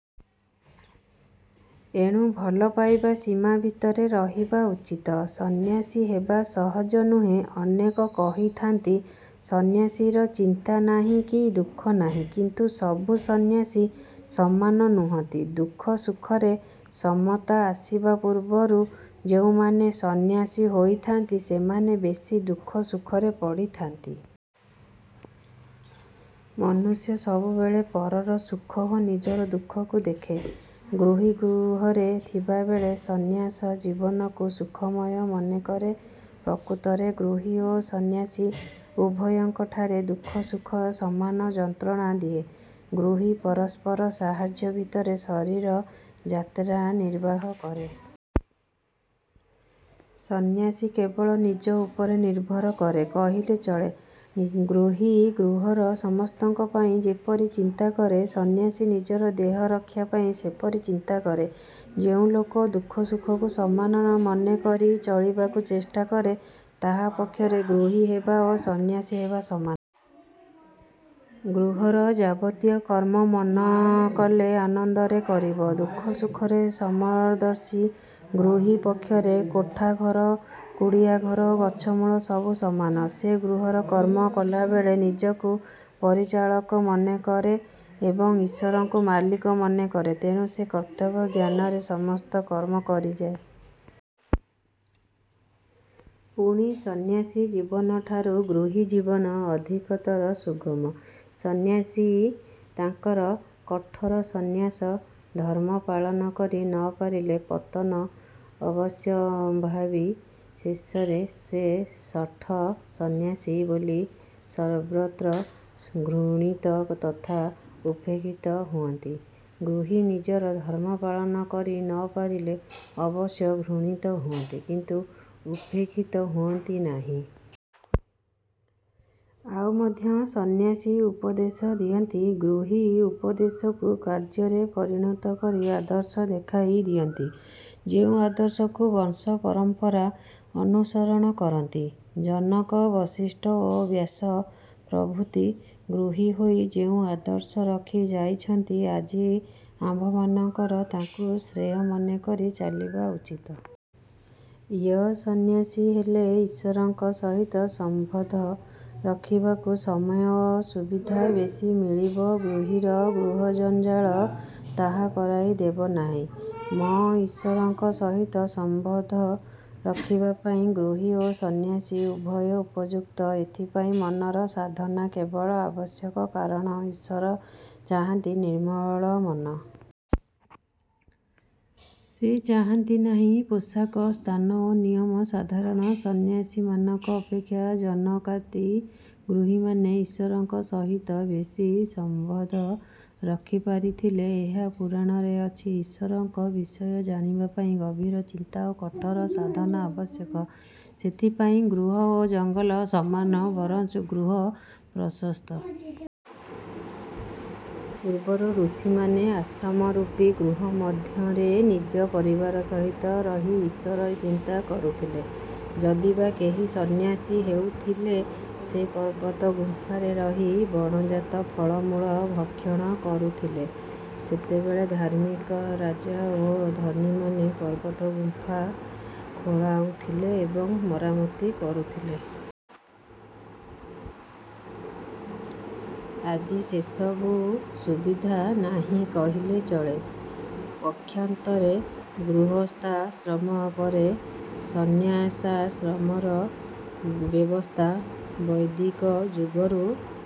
ଏଣୁ ଭଲ ପାଇବା ସୀମା ଭିତରେ ରହିବା ଉଚିତ। ସନ୍ନ୍ୟାସୀ ହେବା ସହଜ ନୁହେଁ। ଅନେକ କହିଥାନ୍ତି "ସନ୍ନ୍ୟାସୀର ଚିନ୍ତା ନାହିଁ କି ଦୁଃଖ ନାହିଁ" କିନ୍ତୁ ସବୁ ସନ୍ନ୍ୟାସୀ ସମାନ ନୁହନ୍ତି। ଦୁଃଖ ସୁଖରେ ସମତା ଆସିବା ପୂର୍ବରୁ ଯେଉଁମାନେ ସନ୍ନ୍ୟାସୀ ହୋଇଥାନ୍ତି, ସେମାନେ ବେଶୀ ଦୁଃଖ ସୁଖରେ ପଡ଼ିଥାନ୍ତି। ମନୁଷ୍ୟ ସବୁବେଳେ ପରର ସୁଖ ଓ ନିଜର ଦୁଃଖକୁ ଦେଖେ। ଗୃହୀ ଗୃହରେ ଥିବାବେଳେ ସନ୍ନ୍ୟାସ ଜୀବନକୁ ସୁଖମୟ ମନେକରେ। ପ୍ରକୃତରେ ଗୃହୀ ଓ ସନ୍ନ୍ୟାସୀ ଉଭୟଙ୍କଠାରେ ଦୁଃଖ ସୁଖ ସମାନ ଯନ୍ତ୍ରଣା ଦିଏ। ଗୃହୀ ପରସ୍ପର ସାହାଯ୍ୟ ଭିତରେ ଶରୀର ଯାତ୍ରା ନିର୍ବାହ କରେ। ସନ୍ନ୍ୟାସୀ କେବଳ ନିଜ ଉପରେ ନିର୍ଭର କରେ କହିଲେ ଚଳେ। ଗୃହୀ ଗୃହର ସମସ୍ତଙ୍କ ପାଇଁ ଯେପରି ଚିନ୍ତା କରେ, ସନ୍ନ୍ୟାସୀ ନିଜର ଦେହ ରକ୍ଷା ପାଇଁ ସେପରି ଚିନ୍ତା କରେ। ଯେଉଁ ଲୋକ ଦୁଃଖ ସୁଖକୁ ସମାନ ମନେକରି ଚଳିବାକୁ ଚେଷ୍ଟା କରେ, ତାହା ପକ୍ଷରେ ଗୃହୀ ହେବା ଓ ସନ୍ନ୍ୟାସୀ ହେବା ସମାନ। ଗୃହର ଯାବତୀୟ କର୍ମ, ମନ କଲେ ଆନନ୍ଦରେ କରିବ-। ଦୁଃଖ ସୁଖରେ ସମଦର୍ଶୀ ଗୃହୀ ପକ୍ଷରେ କୋଠାଘର, କୁଡ଼ିଆଘର ଓ ଗଛମୂଳ ସବୁ ସମାନ-। ସେ ଗୃହର କର୍ମ କଲାବେଳେ ନିଜକୁ ପରିଚାଳକ ମନେ କରେ ଏବଂ ଈଶ୍ଵରଙ୍କୁ ମାଲିକ ମନେ କରେ। ତେଣୁ ସେ କର୍ତ୍ତବ୍ୟ ଜ୍ଞାନରେ ସମସ୍ତ କର୍ମ କରିଯାଏ। ପୁଣି ସନ୍ନ୍ୟାସୀ ଜୀବନଠାରୁ ଗୃହୀ ଜୀବନ ଅଧିକତର ସୁଗମ। ସନ୍ନ୍ୟାସୀ ତାଙ୍କର କଠୋର ସନ୍ନ୍ୟାସ ଧର୍ମ ପାଳନ କରି ନ ପାରିଲେ ପତନ ଅବଶ୍ୟମ୍ଭାବୀ। ଶେଷରେ ସେ ଶଠ ସନ୍ନ୍ୟାସୀ ବୋଲି ସର୍ବତ୍ର ଘୃଣିତ ତଥା ଉପେକ୍ଷିତ ହୁଅନ୍ତି। ଗୃହୀ ନିଜର ଧର୍ମ ପାଳନ କରି ନ ପାରିଲେ ଅବଶ୍ୟ ଘୃଣିତ ହୁଅନ୍ତି କିନ୍ତୁ ଉପେକ୍ଷିତ ହୁଅନ୍ତି ନାହିଁ। ଆଉ ମଧ୍ୟ ସନ୍ନ୍ୟାସୀ ଉପଦେଶ ଦିଅନ୍ତି, ଗୃହୀ ଉପଦେଶକୁ କାର୍ଯ୍ୟରେ ପରିଣତ କରି ଆଦର୍ଶ ଦେଖାଇ ଦିଅନ୍ତି; ଯେଉଁ ଆଦର୍ଶକୁ ବଂଶ ପରମ୍ପରା ଅନୁସରଣ କରନ୍ତି। ଜନକ, ବଶିଷ୍ଠ ଓ ବ୍ୟାସ ପ୍ରଭୃତି ଗୃହୀ ହୋଇ ଯେଉଁ ଆଦର୍ଶ ରଖି ଯାଇଛନ୍ତି, ଆଜି ଆମ୍ଭମାନଙ୍କର ତାକୁ ଶ୍ରେୟ ମନେକରି ଚାଲିବା ଉଚିତ।। ୟ-ସନ୍ନ୍ୟାସୀ ହେଲେ ଈଶ୍ଵରଙ୍କ ସହିତ ସମ୍ବନ୍ଧ ରଖିବାକୁ ସମୟ ଓ ସୁବିଧା ବେଶୀ ମିଳିବ। ଗୃହୀର ଗୃହଜଞ୍ଜାଳ ତାହା କରାଇ ଦେବ ନାହିଁ। ମ-ଈଶ୍ଵରଙ୍କ ସହିତ ସମ୍ବନ୍ଧ ରଖିବା ପାଇଁ ଗୃହୀ ଓ ସନ୍ନ୍ୟାସୀ ଉଭୟ ଉପଯୁକ୍ତ। ଏଥିପାଇଁ ମନର ସାଧନା କେବଳ ଆବଶ୍ୟକ, କାରଣ ଈଶ୍ଵର ଚାହାନ୍ତି ନିର୍ମଳ ମନ। ସେ ଚାହାନ୍ତି ନାହିଁ ପୋଷାକ, ସ୍ଥାନ ଓ ନିୟମ। ସାଧାରଣ ସନ୍ନ୍ୟାସୀମାନଙ୍କ ଅପେକ୍ଷା ଜନକାଦି ଗୃହୀମାନେ ଈଶ୍ଵରଙ୍କ ସହିତ ବେଶୀ ସମ୍ବନ୍ଧ ରଖିପାରିଥିଲେ। ଏହା ପୁରାଣରେ ଅଛି। ଈଶ୍ଵରଙ୍କ ବିଷୟ ଜାଣିବା ପାଇଁ ଗଭୀର ଚିନ୍ତା ଓ କଠୋର ସାଧନା ଆବଶ୍ୟକ। ସେଥିପାଇଁ ଗୃହ ଓ ଜଙ୍ଗଲ ସମାନ, ବରଂ ଗୃହ ପ୍ରଶସ୍ତ। ପୂର୍ବରୁ ଋଷିମାନେ ଆଶ୍ରମରୂପୀ ଗୃହ ମଧ୍ୟରେ ନିଜ ପରିବାର ସହିତ ରହି ଈଶ୍ଵର ଚିନ୍ତା କରୁଥିଲେ। ଯଦିବା କେହି ସନ୍ନ୍ୟାସୀ ହେଉଥିଲେ ସେ ପର୍ବତ ଗୁମ୍ପାରେ ରହି ବଣଜାତ ଫଳମୂଳ ଭକ୍ଷଣ କରୁଥିଲେ। ସେତେବେଳେ ଧାର୍ମିକ ରାଜା ଓ ଧନୀମାନେ ପର୍ବତ ଗୁମ୍ଫା ଖୋଳାଉଥିଲେ ଏବଂ ମରାମତି କରୁଥିଲେ। ଆଜି ସେସବୁ ସୁବିଧା ନାହିଁ କହିଲେ ଚଳେ। ପକ୍ଷାନ୍ତରେ ଗୃହସ୍ଥାଶ୍ରମ ପରେ ସନ୍ନ୍ୟାସାଶ୍ରମର ବ୍ୟବସ୍ଥା ବୈଦିକ ଯୁଗରୁ